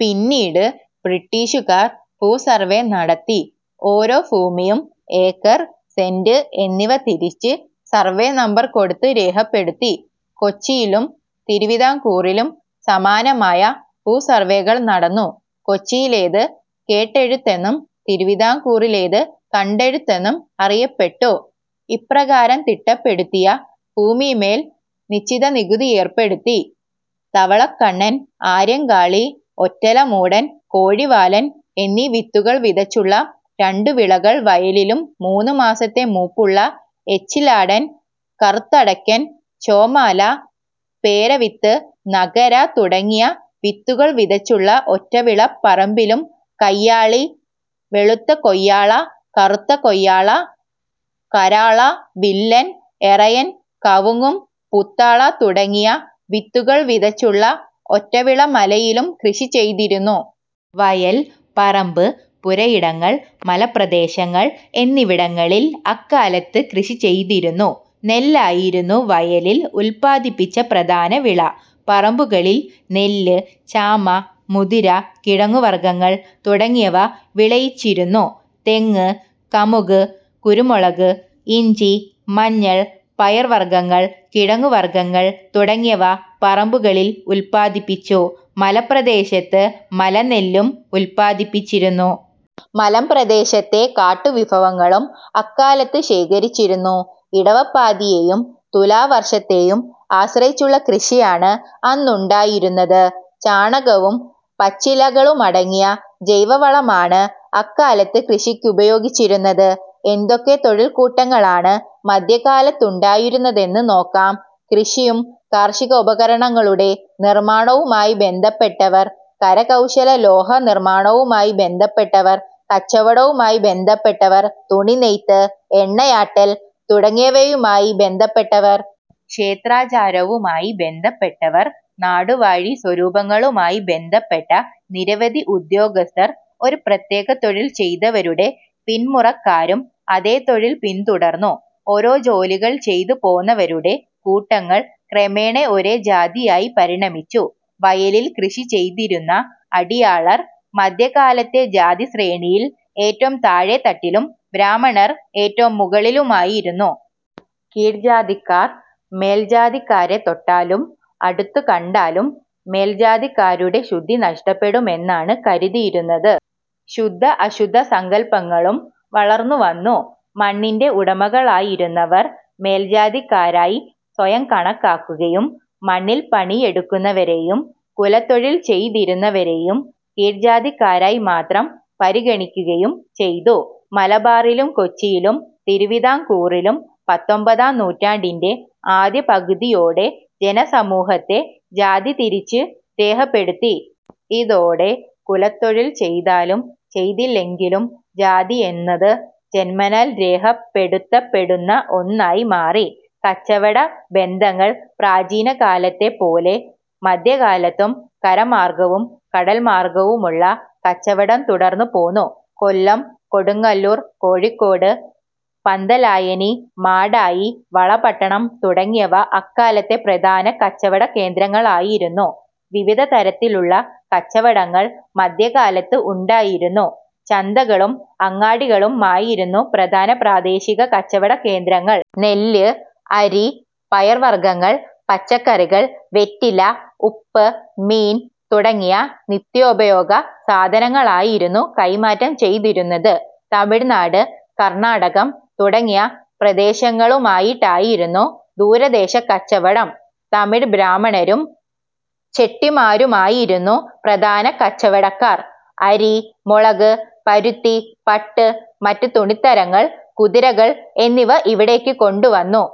പിന്നീട് ബ്രിട്ടീഷുകാർ ഭൂസർവേ നടത്തി ഓരോ ഭൂമിയും ഏക്കർ, സെന്റ് എന്നിവ തിരിച്ച് സർവേ നമ്പർ കൊടുത്ത് രേഖപ്പെടുത്തി. കൊച്ചിയിലും തിരുവിതാംകൂറിലും സമാനമായ ഭൂസർവേകൾ നടന്നു. കൊച്ചിയിലേത് കേട്ടെഴുത്ത് എന്നും തിരുവിതാംകൂറിലേത് കണ്ടെഴുത്ത് എന്നും അറിയപ്പെട്ടു. ഇപ്രകാരം തിട്ടപ്പെടുത്തിയ ഭൂമിയിൻമേൽ നിശ്ചിത നികുതി ഏർപ്പെടുത്തി. തവളക്കണ്ണൻ, ആര്യങ്കാളി, ഒറ്റലമൂടൻ, കോഴിവാലൻ എന്നീ വിത്തുകൾ വിതച്ചുള്ള രണ്ട് വിളകൾ വയലിലും മൂന്നു മാസത്തെ മൂപ്പുള്ള ഏച്ചിലാടൻ, കറുത്തടക്കൻ, ചോമാല, പെരവിത്ത്, നകര തുടങ്ങിയ വിത്തുകൾ വിതച്ചുള്ള ഒറ്റവിള പറമ്പിലും കയ്യാളി, വെളുത്ത കൊയ്യാള കറുത്ത കൊയ്യാള, കര്വാള, വില്ലൻ, എറയൻ, കവുങ്ങും പുത്താള തുടങ്ങിയ വിത്തുകൾ വിതച്ചുള്ള ഒറ്റവിള മലയിലും കൃഷിചെയ്തിരുന്നു. വയൽ, പറമ്പ്, പുരയിടങ്ങൾ, മലമ്പ്രദേശങ്ങൾ എന്നിവിടങ്ങളിൽ അക്കാലത്ത് കൃഷിചെയ്തിരുന്നു. നെല്ലായിരുന്നു വയലിൽ ഉൽപ്പാദിപ്പിച്ച പ്രധാന വിള. പറമ്പുകളിൽ നെല്ല്, ചാമ, മുതിര, കിഴങ്ങു വർഗങ്ങൾ തുടങ്ങിയവ വിളയിച്ചിരുന്നു. തെങ്ങ്, കമുക്, കുരുമുളക്, ഇഞ്ചി, മഞ്ഞൾ, പയർവർഗങ്ങൾ, കിഴങ്ങുവർഗങ്ങൾ തുടങ്ങിയവ പറമ്പുകളിൽ ഉൽപ്പാദിപ്പിച്ചു. മലമ്പ്രദേശത്ത് മലനെല്ലും ഉൽപാദിപ്പിച്ചിരുന്നു. മലമ്പ്രദേശത്തെ കാട്ടു വിഭവങ്ങളും അക്കാലത്ത് ശേഖരിച്ചിരുന്നു. ഇടവപ്പാതിയെയും തുലാവർഷത്തെയും ആശ്രയിച്ചുള്ള കൃഷിയാണ് അന്നുണ്ടായിരുന്നത്. ചാണകവും പച്ചിലകളുമടങ്ങിയ ജൈവ വളമാണ് അക്കാലത്ത് കൃഷിക്കുപയോഗിച്ചിരുന്നത്. ഏതൊക്കെ തൊഴിൽക്കൂട്ടങ്ങളാണ് മധ്യകാലത്തുണ്ടായിരുന്നതെന്ന് നോക്കാം. കൃഷിയും കാർഷികോപകരണങ്ങളുടെ നിർമാണവുമായി ബന്ധപ്പെട്ടവർ. കരകൗശല- ലോഹനിർമാണവുമായി ബന്ധപ്പെട്ടവർ. കച്ചവടവുമായി ബന്ധപ്പെട്ടവർ. തുണിനെയ്ത്ത്, എണ്ണയാട്ടൽ തുടങ്ങിയവയുമായി ബന്ധപ്പെട്ടവർ. ക്ഷേത്രാചാരവുമായി ബന്ധപ്പെട്ടവർ. നാടുവാഴി സ്വരൂപങ്ങളുമായി ബന്ധപ്പെട്ട നിരവധി ഉദ്യോഗസ്ഥർ. ഒരു പ്രത്യേക തൊഴിൽ ചെയ്തവരുടെ പിന്മുറക്കാരും അതേ തൊഴിൽ പിന്തുടർന്നു. ഒരേ ജോലികൾ ചെയ്തുപോന്നവരുടെ കൂട്ടങ്ങൾ ക്രമേണ ഒരേ ജാതിയായി പരിണമിച്ചു. വയലിൽ കൃഷി ചെയ്തിരുന്ന അടിയാളർ മധ്യകാലത്തെ ജാതിശ്രേണിയിൽ ഏറ്റവും താഴേത്തട്ടിലും ബ്രാഹ്മണർ ഏറ്റവും മുകളിലുമായിരുന്നു. കീഴ്ജാതിക്കാർ മേൽജാതിക്കാരെ തൊട്ടാലും അടുത്തു കണ്ടാലും മേൽജാതിക്കാരുടെ ശുദ്ധി നഷ്ടപ്പെടും എന്നാണ് കരുതിയിരുന്നത്. ശുദ്ധ അശുദ്ധ സങ്കൽപ്പങ്ങളും വളർന്നുവന്നു. മണ്ണിന്റെ ഉടമകളായിരുന്നവർ മേൽജാതിക്കാരായി സ്വയം കണക്കാക്കുകയും മണ്ണിൽ പണിയെടുക്കുന്നവരെയും കുലത്തൊഴിൽ ചെയ്തിരുന്നവരെയും കീഴ്ജാതിക്കാരായി മാത്രം പരിഗണിക്കുകയും ചെയ്തു. മലബാറിലും കൊച്ചിയിലും തിരുവിതാംകൂറിലും പത്തൊൻപതാം നൂറ്റാണ്ടിന്റെ ആദ്യ പകുതിയോടെ ജനസമൂഹത്തെ ജാതിതിരിച്ച് രേഖപ്പെടുത്തി. ഇതോടെ കുലത്തൊഴിൽ ചെയ്താലും ചെയ്തില്ലെങ്കിലും ജാതിയെന്നത് ജന്മനാൽ രേഖപ്പെടുത്തപ്പെടുന്ന ഒന്നായി മാറി. കച്ചവടബന്ധങ്ങൾ പ്രാചീനകാലത്തെപ്പോലെ മധ്യകാലത്തും കരമാർഗവും കടൽമാർഗവുമുള്ള കച്ചവടം തുടർന്നുപോന്നു. കൊല്ലം, കൊടുങ്ങല്ലൂർ, കോഴിക്കോട്, പന്തലായനി, മാടായി, വളപട്ടണം തുടങ്ങിയവ അക്കാലത്തെ പ്രധാന കച്ചവടകേന്ദ്രങ്ങളായിരുന്നു. വിവിധതരത്തിലുള്ള കച്ചവടങ്ങൾ മധ്യകാലത്ത് ഉണ്ടായിരുന്നു. ചന്തകളും അങ്ങാടികളും ആയിരുന്നു പ്രധാന പ്രാദേശിക കച്ചവടകേന്ദ്രങ്ങൾ. നെല്ല്, അരി, പയർവർഗങ്ങൾ, പച്ചക്കറികൾ, വെറ്റില, ഉപ്പ്, മീൻ തുടങ്ങിയ നിത്യോപയയോഗ സാധനങ്ങളായിരുന്നു കൈമാറ്റം ചെയ്തിരുന്നത്. തമിഴ് നാട്, കർണാടകം, തുടങ്ങിയ പ്രദേശങ്ങളുമായിട്ടായിരുന്നു ദൂരദേശ കച്ചവടം. തമിഴ് ബ്രാഹ്മണരും ചെട്ടിമാരുമായിരുന്നു പ്രധാന കച്ചവടക്കാർ. അരി, മുളക്, പരുത്തി, പട്ട്, മറ്റ് തുണിത്തരങ്ങൾ, കുതിരകൾ എന്നിവ ഇവിടേക്ക് കൊണ്ടു വന്നു.